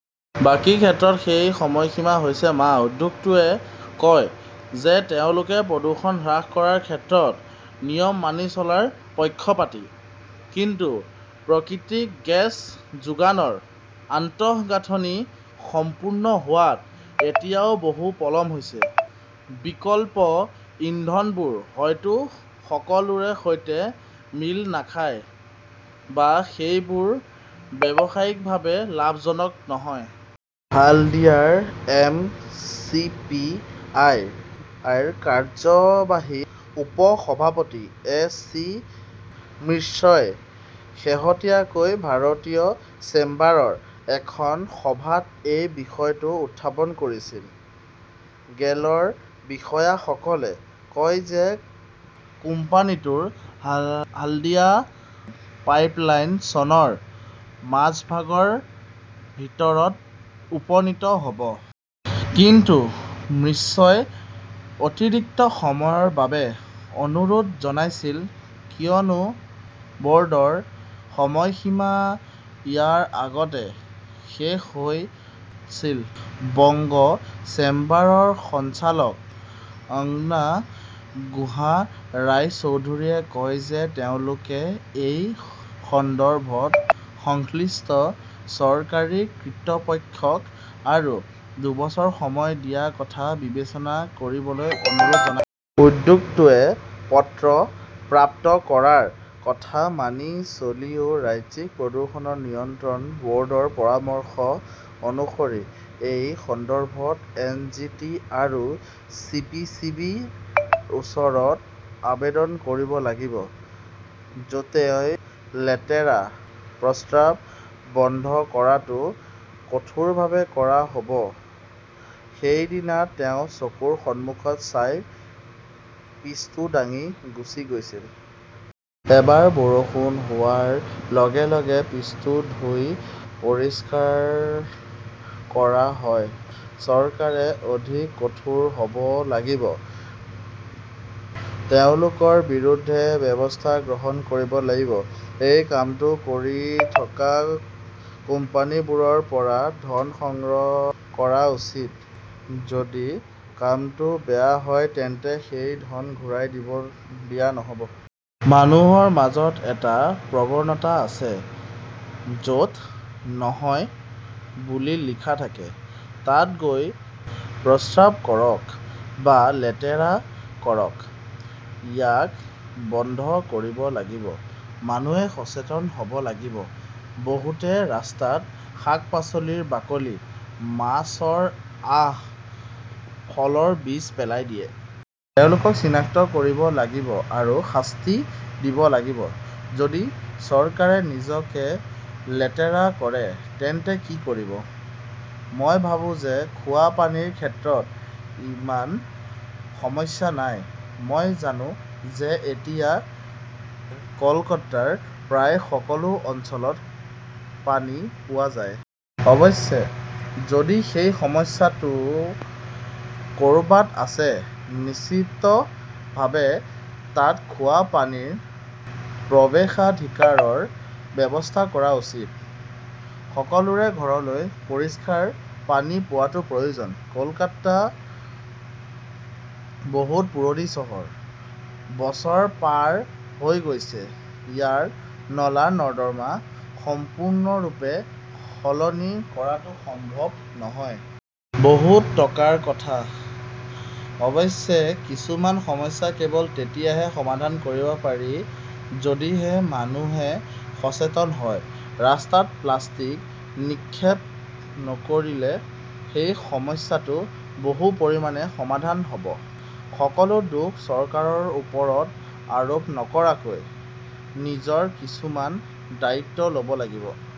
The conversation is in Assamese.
বাকী ক্ষেত্ৰত সেই সময়সীমা হৈছে মাহ। উদ্যোগটোৱে কয় যে তেওঁলোকে প্ৰদূষণ হ্ৰাস কৰাৰ ক্ষেত্ৰত নিয়ম মানি চলাৰ পক্ষপাতী। কিন্তু প্ৰাকৃতিক গেছ যোগানৰ আন্তঃগাঁথনি সম্পূৰ্ণ হোৱাত এতিয়াও বহুত পলম হৈছে। বিকল্প ইন্ধনবোৰ হয়তো সকলোৰে সৈতে মিল নাখায়, বা সেইবোৰ ব্যৱসায়িকভাৱে লাভজনক নহয়। হালদিয়াৰ এম. চি. পি. আই. ৰ কাৰ্যবাহী উপ-সভাপতি এ. চি. মিশ্ৰই শেহতীয়াকৈ ভাৰতীয় চেম্বাৰৰ এখন সভাত এই বিষয়টো উত্থাপন কৰিছিল। গেলৰ বিষয়াসকলে কয় যে কোম্পানীটোৰ হালদিয়াৰ পাইপলাইন চনৰ মাজভাগৰ ভিতৰত উপনীত হ 'ব। কিন্তু মিশ্ৰই অতিৰিক্ত সময়ৰ বাবে অনুৰোধ জনাইছিল কিয়নো ব "ৰ্ডৰ সময়সীমা ইয়াৰ আগতে শেষ হৈছিল। বংগ চেম্বাৰৰ সঞ্চালক অঙ্গনা গুহা ৰায়চৌধৰীয়ে কয় যে তেওঁলোকে এই সন্দৰ্ভত সংশ্লিষ্ট চৰকাৰী কৰ্তৃপক্ষক আৰু দুবছৰ সময় দিয়াৰ কথা বিবেচনা কৰিবলৈ অনুৰোধ জনাইছে। উদ্যোগটোৱে পত্ৰ প্ৰাপ্ত কৰাৰ কথা মানি চলিলেও ৰাজ্যিক প্ৰদূষণ নিয়ন্ত্ৰণ ব "ৰ্ডৰ পৰামৰ্শ অনুসৰি এই সন্দৰ্ভত এন. জি. টি. আৰু চি. পি. চি. বি. -ৰ ওচৰত আবেদন কৰিব লাগিব। য 'তেই লেতেৰা, প্ৰস্ৰাৱ বন্ধ কৰাটো কঠোৰভাৱে কৰা হ' ব সেইদিনা তেওঁ চকুৰ সন্মুখত চাই পিচটো ভাঙি গুচি গৈছিল। এবাৰ বৰষুণ হোৱাৰ লগে লগে পিচটো ধুই পৰিষ্কাৰ কৰা হয়। চৰকাৰে অধিক কঠোৰ হ "ব লাগিব। তেওঁলোকৰ বিৰুদ্ধে ব্যৱস্থা গ্ৰহণ কৰিব লাগিব। এই কামটো কৰি থকা কোম্পানীবোৰৰ পৰা ধন সংগ্ৰহ কৰা উচিত। যদি কামটো বেয়া হয় তেন্তে সেই ধন ঘূৰাই দিয়া নহ 'ব। মানুহৰ মাজত এটা প্ৰৱণতা আছে, য 'ত' নহয় 'বুলি লিখা থাকে, তাত গৈ প্ৰস্ৰাৱ কৰক বা লেতেৰা কৰক। ইয়াক বন্ধ কৰিব লাগিব। মানুহে সচেতন হ "ব লাগিব। বহুতে ৰাস্তাত শাক-পাচলিৰ বাকলি, মাছৰ আঁহ, ফলৰ বীজ পেলাই দিয়ে। তেওঁলোকক চিনাক্ত কৰিব লাগিব আৰু শাস্তি দিব লাগিব। যদি চৰকাৰে নিজকে লেতেৰা কৰে তেন্তে কি কৰিব? মই ভাবো যে খোৱা পানীৰ ক্ষেত্ৰত ইমান সমস্যা নাই। মই জানো যে এতিয়া কলকাতাৰ প্ৰায় সকলো অঞ্চলত পানী পোৱা যায়। অৱশ্যে, যদি সেই সমস্যাটো ক "ৰবাত আছে, নিশ্চিতভাৱে তাত খোৱা পানীৰ প্ৰৱেশাধিকাৰৰ ব্যৱস্থা কৰা উচিত। সকলোৰে ঘৰলৈ পৰিষ্কাৰ পানী পোৱাটো প্ৰয়োজনীয়। কলকাতা বহু পুৰণি চহৰ। বছৰ পাৰ হৈ গৈছে। ইয়াৰ নলা-নৰ্দমা সম্পূৰ্ণৰূপে সলনি কৰাটো সম্ভৱ নহয়। বহুত টকাৰ কথা। অৱশ্যে, কিছুমান সমস্যা কেৱল তেতিয়াহে সমাধান কৰিব পাৰি যদিহে মানুহে সচেতন হয়। ৰাস্তাত প্লাষ্টিক নিক্ষেপ নকৰিলে এই সমস্যাটো বহু পৰিমাণে সমাধান হ "ব। সকলো দোষ চৰকাৰৰ ওপৰত আৰোপ নকৰাকৈ নিজৰ কিছুমান দায়িত্ব ল "ব লাগিব।